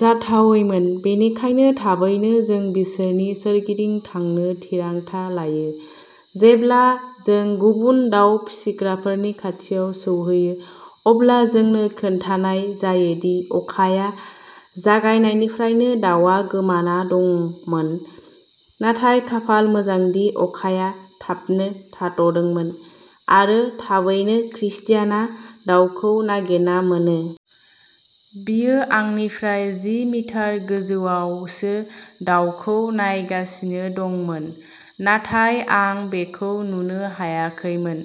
जाथावैमोन, बेनिखायनो थाबैनो जों बिसोरनि सोरगिदिं थांनो थिरांथा लायो। जेब्ला जों गुबुन दाउ फिसिग्राफोरनि खाथियाव सौहैयो, अब्ला जोंनो खिन्थानाय जायो दि अखाया जागायनायनिफ्रायनो दाउआ गोमाना दंमोन, नाथाय खाफाल मोजांदि अखाया थाबनो थाद'दोंमोन। आरो थाबैनो क्रिस्टियानआ दाउखौ नागिरना मोनो। बियो आंनिफ्राय जि मिटार गोजौआवसो दाउखौ नायगासिनो दंमोन, नाथाय आं बेखौ नुनो हायाखैमोन।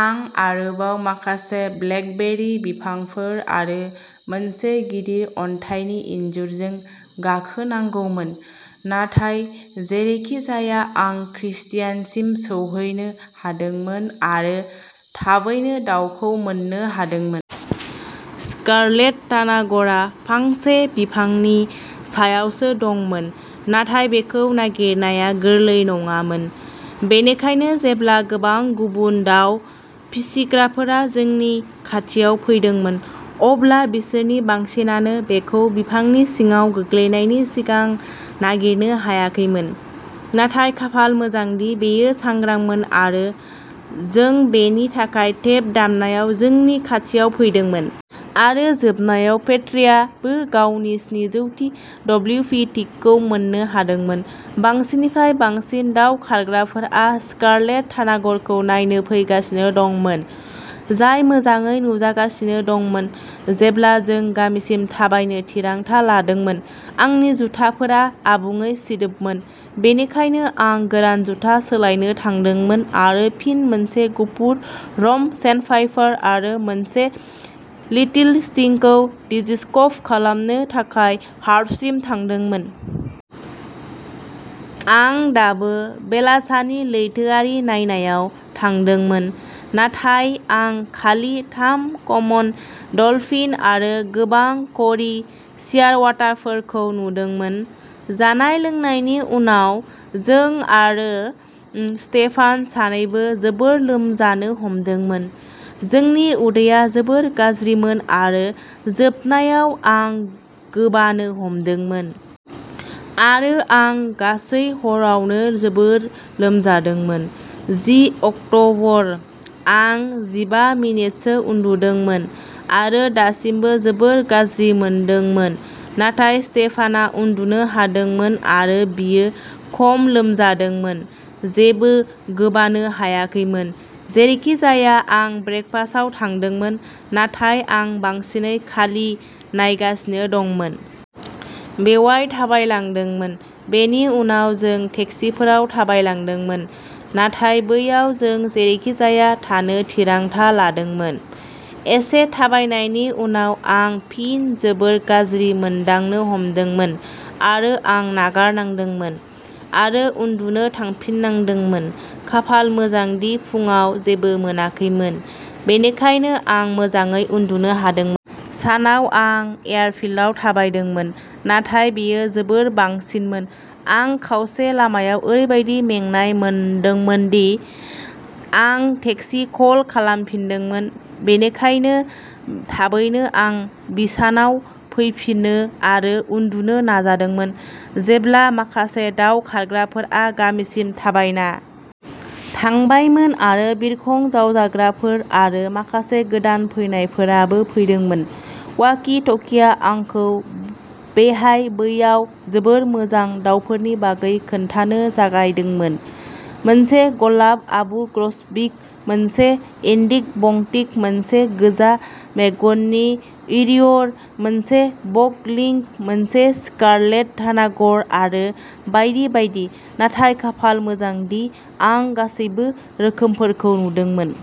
आं आरोबाव माखासे ब्लेकबेरी बिफांफोर आरो मोनसे गिदिर अन्थाइनि इनजुरजों गाखोनांगौमोन, नाथाय जेरैखिजाया आं क्रिस्टियानसिम सौहैनो हादोंमोन आरो थाबैनो दाउखौ मोन्नो हादोंमोन। स्कारलेट तानागरआ फांसे बिफांनि सायावसो दंमोन नाथाय बेखौ नागिरनाया गोरलै नङामोन, बेनिखायनो जेब्ला गोबां गुबुन दाउ फिसिग्राफोरा जोंनि खाथियाव फैदोंमोन, अब्ला बिसोरनि बांसिनानो बेखौ बिफांनि सिङाव गोग्लैनायनि सिगां नागिरनो हायाखैमोन। नाथाय खाफाल मोजांदि बेयो सांग्रांमोन आरो जों बेनि थाखाय टेप दामनायाव जोंनि खाथियाव फैदोंमोन। आरो जोबनायाव पेट्रीआबो गावनि स्निजौ थि डब्लिउपि टिकखौ मोन्नो हादोंमोन। बांसिननिफ्राय बांसिन दाव खारग्राफोरा स्कारलेट तानागरखौ नायनो फैगासिनो दंमोन, जाय मोजाङै नुजागासिनो दंमोन, जेब्ला जों गामिसिम थाबायनो थिरांथा लादोंमोन। आंनि जुथाफोरा आबुङै सिदोबमोन, बेनिखायनो आं गोरान जुथा सोलायनो थांदोंमोन आरो फिन मोनसे गुफुर रम्प सेन्डपाइपार आरो मोनसे लिटिल स्टिंटखौ डिजिस्क'प खालामनो थाखाय हार्बरसिम थाबायदोंमोन। आं दाबो बेलासानि लैथोआरि नायनायाव थांदोंमोन नाथाय आं खालि थाम कमन डलफिन आरो गोबां क'री शियारवाटारफोरखौ नुदोंमोन। जानाय-लोंनायनि उनाव जों आरो स्टेफान सानैबो जोबोद लोमजानो हमदोंमोन। जोंनि उदैया जोबोद गाज्रिमोन आरो जोबनायाव आं गोबानो हमदोंमोन। आरो आं गासै हरावनो जोबोद लोमजादोंमोन जि अक्ट'बर। आं जिबा मिनिटसो उन्दुदोंमोन आरो दासिमबो जोबोद गाज्रि मोनदोंमोन नाथाय स्टेफानआ उन्दुनो हादोंमोन आरो बियो खम लोमजादोंमोन, जेबो गोबानो हायाखैमोन। जेरैखिजाया जों ब्रेकफास्टआव थांदोंमोन नाथाय आं बांसिनै खालि नायगासिनो दंमोन। बेयाव थाबायलांदोंमोन। बेनि उनाव जों टेक्सिफोराव थाबायलांदोंमोन नाथाय बैयाव जों जेरैखिजाया थानो थिरांथा लादोंमोन। एसे थाबायनायनि उनाव, आं फिन जोबोद गाज्रि मोनदांनो हमदोंमोन आरो आं नागारनांदोंमोन आरो उन्दुनो थांफिननांदोंमोन। खाफाल मोजां दि फुंआव जेबो मोनाखैमोन, बेनिखायनो आं मोजाङै उन्दुनो हादोंमोन। सानाव आं एयारफील्डआव थाबायदोंमोन नाथाय बेयो जोबोद बांसिनमोन। आं खावसे लामायाव ओरैबादि मेंनाय मोनदोंमोन दि आं टेक्सि कल खालामफिनदोंमोन बेनिखायनो थाबैनो आं बिसानाव फैफिनो आरो उन्दुनो नाजादोंमोन। जेब्ला माखासे दाव खारग्राफोरा गामिसिम थाबायना थांबायमोन आरो बिरखं-जावग्राफोर आरो माखासे गोदान फैनायफोराबो फैदोंमोन, वाकि-टकिआ आंखौ बेहाय-बैयाव जोबोद मोजां दावफोरनि बागै खोन्थानो जागायदोंमोन, मोनसे गलाब आबु ग्रसबिक, मोनसे इन्डिग'बंटिंग, मोनसे गोजा-मेगननि विरिय', मोनसे बब'लिंक, मोनसे स्कारलेट तानागर आरो बायदि बायदि, नाथाय खाफाल मोजांदि आं गासैबो रोखोमफोरखौ नुदोंमोन।